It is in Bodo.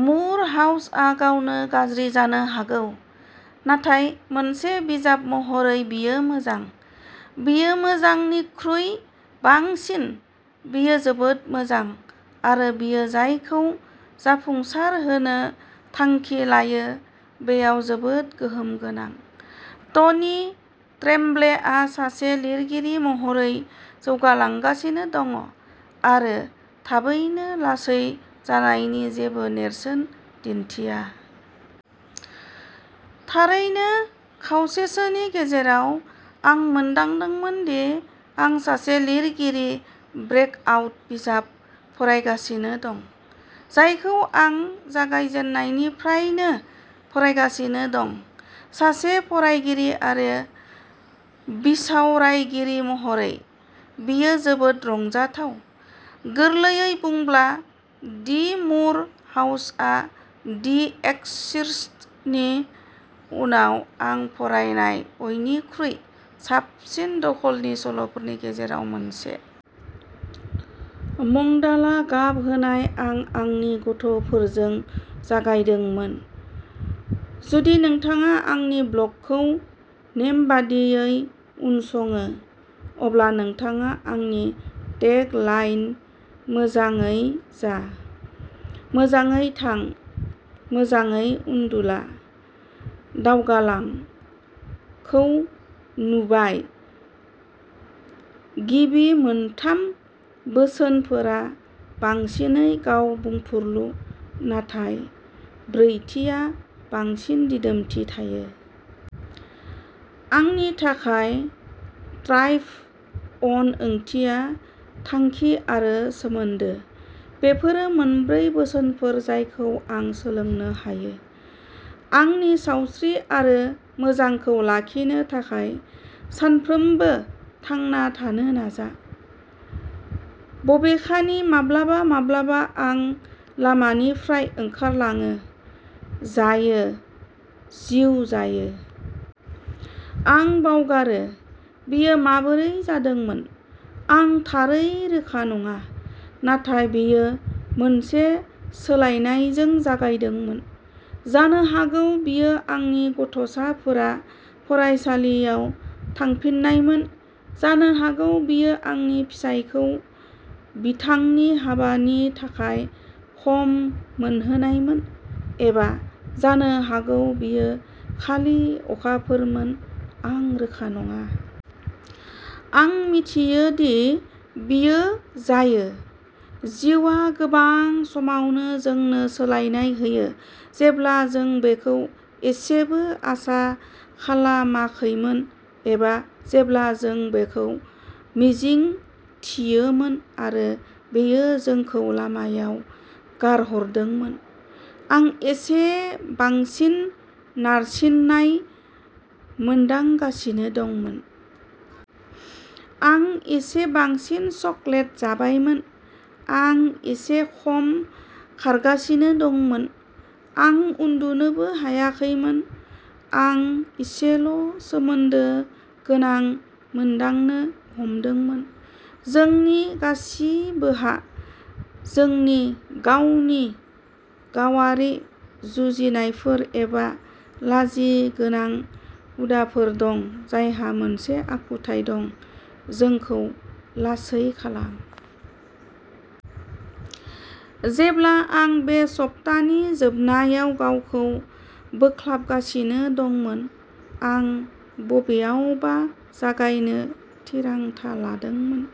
मुर हाउसआ गावनो गाज्रि जानो हागौ, नाथाय मोनसे बिजाब महरै बेयो मोजां। बेयो मोजांनिख्रुइ बांसिन-बेयो जोबोद मोजां, आरो बेयो जायखौ जाफुंसारहोनो थांखि लायो बेयाव जोबोद गोहोम गोनां। टनि ट्रेम्ब्लेआ सासे लिरगिरि महरै जौगालांगासिनो दं आरो थाबैनो लासै जानायनि जेबो नेरसोन दिन्थिया। थारैनो, खावसेसोनि गेजेराव, आं मोनदांदोंमोन दि आं सासे लिरगिरिनि ब्रेकआउट बिजाब फरायगासिनो दं, जायखौ आं जागायजेननायनिफ्रायनो फरायगासिनो दं। सासे फरायगिरि आरो बिसावरायगिरि महरै, बेयो जोबोद रंजाथाव। गोरलैयै बुंब्ला, दि मुर हाउसआ दि एक्स'र्सिस्टनि उनाव आं फरायनाय बयनिख्रुइ साबसिन दखलनि सल'फोरनि गेजेराव मोनसे। मंडाला गाब होनाय आं आंनि गथ'फोरजों जागायदोंमोन। जुदि नोंथाङा आंनि ब्लगखौ नेमबादियै उनसङो, अब्ला नोंथाङा आंनि टेग लाइन "मोजाङै जा। मोजाङै थां। मोजाङै उन्दुला। दावगालां। " खौ नुबाय। गिबि मोनथाम बोसोनफोरा बांसिनै गाव-बुंफुरलु, नाथाय ब्रैथिआ बांसिन दिदोमथि थायो। आंनि थाखाय, थ्राइभ अन ओंथिया थांखि आरो सोमोन्दो। बेफोरो मोनब्रै बोसोनफोर जायखौ आं सोलोंनो हायो। आंनि सावस्रि आरो मोजांखौ लाखिनो थाखाय सानफ्रोमबो थांना थानो नाजा। बबेखानि, माब्लाबा-माब्लाबा आं लामानिफ्राय ओंखारलाङो। जायो। जिउ जायो। आं बावगारो। बेयो माबोरै जादोंमोन? आं थारै रोखा नङा, नाथाय बेयो मोनसे सोलायनायजों जागायदोंमोन। जानो हागौ बेयो आंनि गथ'साफोरा फरायसालियाव थांफिन्नायमोन, जानो हागौ बेयो आंनि फिसायखौ बिथांनि हाबानि थाखाय खम मोनहोनायमोन, एबा जानो हागौ बेयो खालि अखाफोरमोन, आं रोखा नङा। आं मिथियो, दि बेयो जायो। जिउआ गोबां समावनो जोंनो सोलायनाय होयो जेब्ला जों बेखौ एसेबो आसा खालामाखैमोन एबा जेब्ला जों बेखौ मिजिंथियोमोन आरो बेयो जोंखौ लामायाव गारहरदोंमोन। आं एसे बांसिन नारसिननाय मोनदांगासिनो दंमोन। आं एसे बांसिन चकलेट जाबायमोन। आं एसे खम खारगासिनो दंमोन। आं उन्दुनोबो हायाखैमोन। आं एसेल'सोमोन्दो गोनां मोनदांनो हमदोंमोन। जोंनि गासिबोहा जोंनि गावनि गावारि जुजिनायफोर एबा लाजिनोगोनां हुदाफोर दं जायहा मोनसे आखुथाय दं। जोंखौ लासै खालाम। जेब्ला आं बे सप्तानि जोबनायाव गावखौ बोख्लाबगासिनो दंमोन, आं बबेयावबा जागायनो थिरांथा लादोंमोन।